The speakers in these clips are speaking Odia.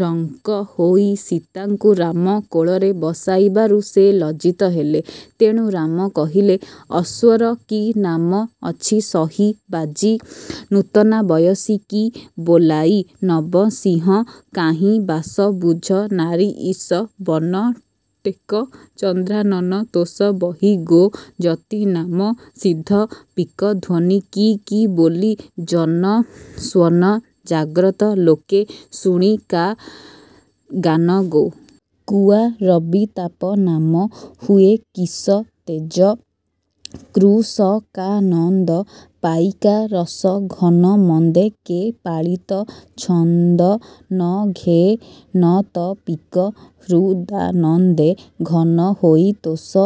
ରଙ୍କ ହୋଇ ସୀତାଙ୍କୁ ରାମ କୋଳରେ ବସାଇବାରୁ ସେ ଲଜ୍ଜିତ ହେଲେ। ତେଣୁ ରାମ କହିଲେ - ଅଶ୍ୱର କି ନାମ ଅଛି ସହି ବାଜି ନୂତନା ବୟସୀ କି ବୋଲାଇ? ନବ ସିଂହ କାହିଁ ବାସ ବୁଝ ନାରୀଈଶ ବନ ଟେକ ଚନ୍ଦ୍ରାନନ ତୋଷ ବହି ଗୋ ଯତିନାମ ସିଦ୍ଧ ପିକ ଧ୍ୱନି କି କି ବୋଲି ଜନ ସ୍ୱନ ଜାଗ୍ରତ ଲୋକେ ଶୁଣି କା ଗାନ ଗୋ। କୁଆ ରବିତାପ ନାମ ହୁଏ କିସ ତେଜ କୃଷକାନନ୍ଦ ପାଇକା ରସ ଘନ ମନ୍ଦେ କେ ପାଳିତ ଛନ୍ଦ ନ ଘେନତ ପିକ ହୃଦାନନ୍ଦେ ଘନ ହୋଇ ତୋଷ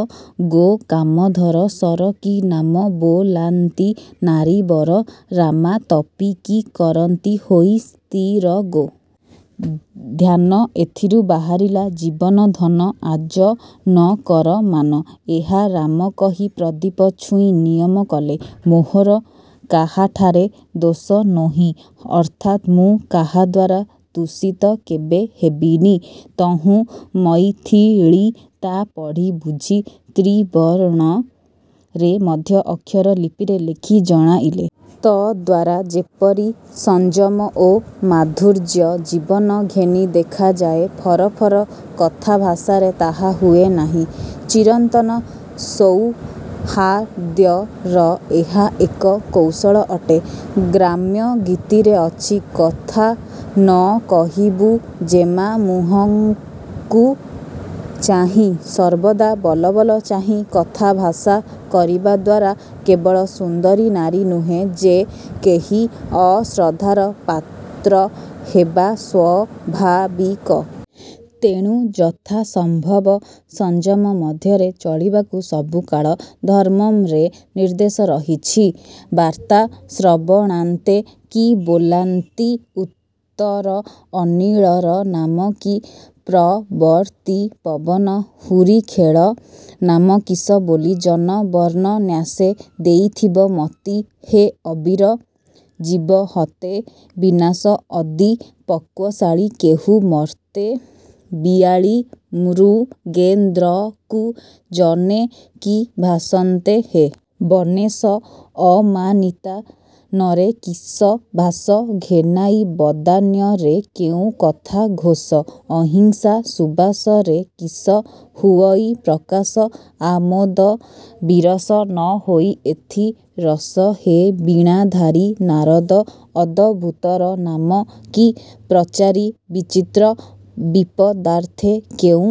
ଗୋ କାମଧର ଶର କି ନାମ ବୋଲାନ୍ତି ନାରୀବର ରାମା ତପୀ କି କରନ୍ତି ହୋଇ ସ୍ଥିର ଗୋ। ଧ୍ୟାନ ଏଥିରୁ ବାହାରିଲା 'ଜୀବନ ଧନ, ଆଜ ନ କର ମାନ' ଏହା ରାମ କହି ପ୍ରଦୀପ ଛୁଇଁ ନିୟମ କଲେ - ''ମୋହର କାହାଠାରେ ଦୋଷ ନୋହି" ଅର୍ଥାତ୍ ମୁଁ କାହାଦ୍ୱାରା ଦୂଷିତ କେବେ ହେବିନି। ତହୁଁ ମୈଥିଳୀ ତା ପଢ଼ି ବୁଝି ତ୍ରିବର୍ଣ୍ଣରେ ମଧ୍ୟ−ଅକ୍ଷର ଲିପିରେ ଲେଖି ଜଣାଇଲେ। ତଦ୍ଦ୍ୱାରା ଯେପରି ସଂଯମ ଓ ମାଧୁର୍ଯ୍ୟ ଜୀବନ ଘେନି ଦେଖାଯାଏ, ଫରଫର କଥାଭାଷାରେ ତାହା ହୁଏ ନାହିଁ। ଚିରନ୍ତନ ସୌହାର୍ଦ୍ଦ୍ୟର ଏହା ଏକ କୌଶଳ ଅଟେ। ଗ୍ରାମ୍ୟ ଗୀତିରେ ଅଛି -''କଥା ନ କହିବୁ ଜେମା ମୁହଁକୁ ଚାହିଁ"। ସର୍ବଦା ବଲବଲ ଚାହିଁ କଥାଭାଷା କରିବାଦ୍ୱାରା କେବଳ ସୁନ୍ଦରୀ ନାରୀ ନୁହେଁ, ଯେ-କେହି ଅଶ୍ରଦ୍ଧାର ପାତ୍ର ହେବା ସ୍ୱାଭାବିକ। ତେଣୁ ଯଥାସମ୍ଭବ ସଂଯମ ମଧ୍ୟରେ ଚଳିବାକୁ ସବୁ କାଳ, ଧର୍ମ୍ମରେ ନିର୍ଦ୍ଦେଶ ରହିଛି। ବାର୍ତ୍ତା ଶ୍ରବଣାନ୍ତେ କି ବୋଲାନ୍ତି ଉତ୍ତର ଅନିଳର ନାମ କି ପ୍ରବର୍ତ୍ତୀ ପବନ ହୁରିଖେଳ ନାମ କିସ ବୋଲି ଜନ ବର୍ଣ୍ଣନ୍ୟାସେ ଦେଇଥିବ ମତି ହେ ଅବିର ଜୀବ ହତେ ବିନାଶ ଅଦି ପକ୍ୱଶାଳୀ କେହୁ ମର୍ତ୍ତେ ବିଆଳି ମୃଗେନ୍ଦ୍ରକୁ ଜନେ କି ଭାଷନ୍ତେ ହେ। ବନେଶ ଅମାନିତା ନରେ କିସ ଭାଷ? ଘେନାଇ ବଦାନ୍ୟରେ କେଉଁ କଥା ଘୋଷ? ଅହିଂସା ସୁବାସରେ କିସ ହୁଅଇ ପ୍ରକାଶ ଆମୋଦ ବିରସ ନ ହୋଇ ଏଥି ରସ ହେ ବୀଣାଧାରୀ ନାରଦ ଅଦଭୁତର ନାମ କି ପ୍ରଚାରି ବିଚିତ୍ର ବିପଦାର୍ଥେ କେଉଁ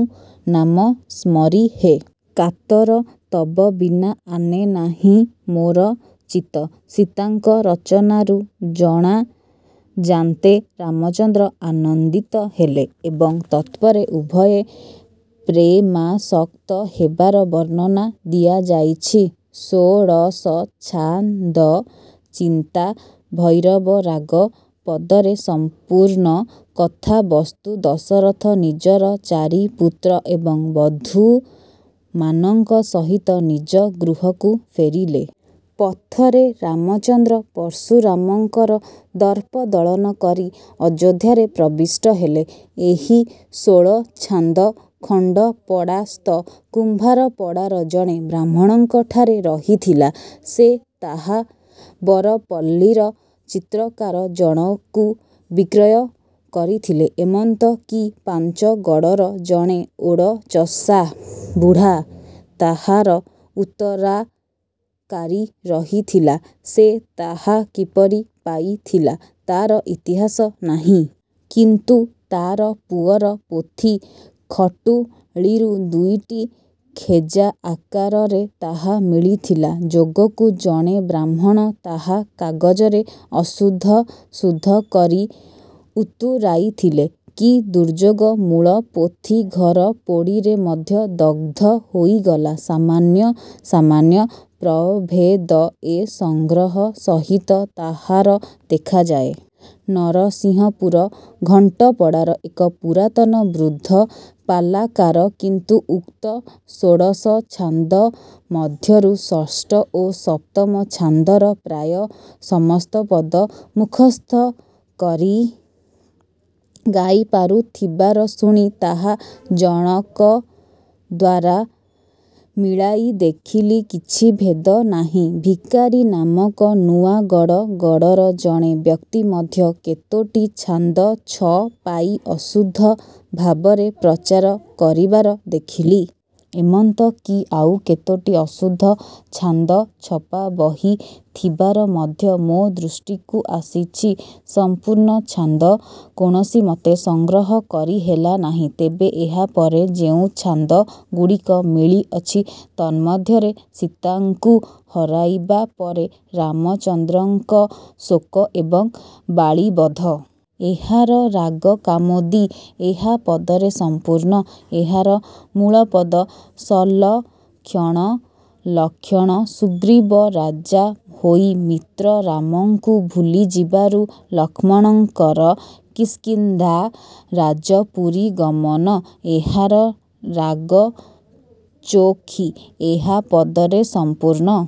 ନାମ ସ୍ମରି ହେ। କାତର ''ତବ ବିନା ଆନେ ନାହିଁ ମୋର ଚିତ୍ତ" ସୀତାଙ୍କ ରଚନାରୁ ଜଣାଯାନ୍ତେ ରାମଚନ୍ଦ୍ର ଆନନ୍ଦିତ ହେଲେ ଏବଂ ତତ୍ପରେ ଉଭୟେ ପ୍ରେମାସକ୍ତ ହେବାର ବର୍ଣ୍ଣନା ଦିଆଯାଇଛି। ଷୋଡ଼ଶ ଛାନ୍ଦ - ଚିନ୍ତା ଭୈରବ ରାଗ। ପଦରେ ସଂପୂର୍ଣ୍ଣ। କଥାବସ୍ତୁ - ଦଶରଥ ନିଜର ଚାରିପୁତ୍ର ଏବଂ ବଧୂମାନଙ୍କ ସହିତ ନିଜ ଗୃହକୁ ଫେରିଲେ। ପଥରେ ରାମଚନ୍ଦ୍ର ପର୍ଶୁରାମଙ୍କର ଦର୍ପ ଦଳନ କରି ଅଯୋଧ୍ୟାରେ ପ୍ରବିଷ୍ଟ ହେଲେ। ଏହି ଷୋଳଛାନ୍ଦ ଖଣ୍ଡପଡ଼ାସ୍ଥ କୁମ୍ଭାରପଡ଼ାର ଜଣେ ବ୍ରାହ୍ମଣଙ୍କଠାରେ ରହିଥିଲା। ସେ ତାହା ବରପଲ୍ଲିର ଚିତ୍ରକାର ଜଣକୁ ବିକ୍ରୟ କରିଥିଲେ। ଏମନ୍ତ କି ପାଞ୍ଚଗଡ଼ର ଜଣେ ଓଡ଼ଚଷା ବୁଢ଼ା ତାହାର ଉତ୍ତରାକାରୀ ରହିଥିଲା। ସେ ତାହା କିପରି ପାଇଥିଲା, ତାର ଇତିହାସ ନାହିଁ। କିନ୍ତୁ ତାର ପୁଅର ପୋଥି ଖଟୁଳିରୁ ଦୁଇଟି ଖେଜା ଆକାରରେ ତାହା ମିଳିଥିଲା। ଯୋଗକୁ ଜଣେ ବ୍ରାହ୍ମଣ ତାହା କାଗଜରେ ଅଶୁଦ୍ଧ ଶୁଦ୍ଧ କରି ଉତୁରାଇଥିଲେ। କି ଦୁର୍ଯୋଗ, ମୂଳ ପୋଥି ଘର ପୋଡ଼ିରେ ମଧ୍ୟ ଦଗ୍ଧ ହୋଇଗଲା। ସାମାନ୍ୟ ସାମାନ୍ୟ ପ୍ରଭେଦ ଏ ସଂଗ୍ରହ ସହିତ ତାହାର ଦେଖାଯାଏ। ନରସିଂହପୁର ଘଣ୍ଟପଡ଼ାର ଏକ ପୁରାତନ ବୃଦ୍ଧ ପାଲାକାର କିନ୍ତୁ ଉକ୍ତ ଷୋଡ଼ଶ ଛାନ୍ଦ ମଧ୍ୟରୁ ଷଷ୍ଠ ଓ ସପ୍ତମ ଛାନ୍ଦର ପ୍ରାୟ ସମସ୍ତ ପଦ ମୁଖସ୍ଥ କରି ଗାଇପାରୁଥିବାର ଶୁଣି ତାହା ଜଣକଦ୍ୱାରା ମିଳାଇ ଦେଖିଲି କିଛି ଭେଦ ନାହିଁ। ଭିକାରୀ ନାମକ ନୂଆଗଡ଼ ଗଡ଼ର ଜଣେ ବ୍ୟକ୍ତି ମଧ୍ୟ କେତୋଟି ଛାନ୍ଦ ଛପାଇ ଅଶୁଦ୍ଧ ଭାବରେ ପ୍ରଚାର କରିବାର ଦେଖିଲି। ଏମନ୍ତ କି ଆଉ କେତୋଟି ଅଶୁଦ୍ଧ ଛାନ୍ଦ ଛପା ବହି ଥିବାର ମଧ୍ୟ ମୋ ଦୃଷ୍ଟିକୁ ଆସିଛି। ସଂପୂର୍ଣ୍ଣ ଛାନ୍ଦ କୌଣସିମତେ ସଂଗ୍ରହ କରି ହେଲା ନାହିଁ। ତେବେ ଏହା ପରେ ଯେଉଁ ଛାନ୍ଦଗୁଡ଼ିକ ମିଳିଅଛି ତନ୍ମଧ୍ୟରେ - -ସୀତାଙ୍କୁ ହରାଇବା ପରେ ରାମଚନ୍ଦ୍ରଙ୍କ ଶୋକ ଏବଂ ବାଳୀବଧ। ଏହାର ରାଗ କାମୋଦି। ଏହା ପଦରେ ସଂପୂର୍ଣ୍ଣ। ଏହାର ମୂଳପଦ 'ସଲକ୍ଷଣ ଲକ୍ଷଣ'। -ସୁଗ୍ରୀବ ରାଜା ହୋଇ ମିତ୍ର ରାମଙ୍କୁ ଭୁଲିଯିବାରୁ ଲକ୍ଷ୍ମଣଙ୍କର କିସ୍କିନ୍ଧ୍ୟା ରାଜପୁରୀ ଗମନ। ଏହାର ରାଗ ଚୋଖୀ। ଏହା ପଦରେ ସଂପୂର୍ଣ୍ଣ।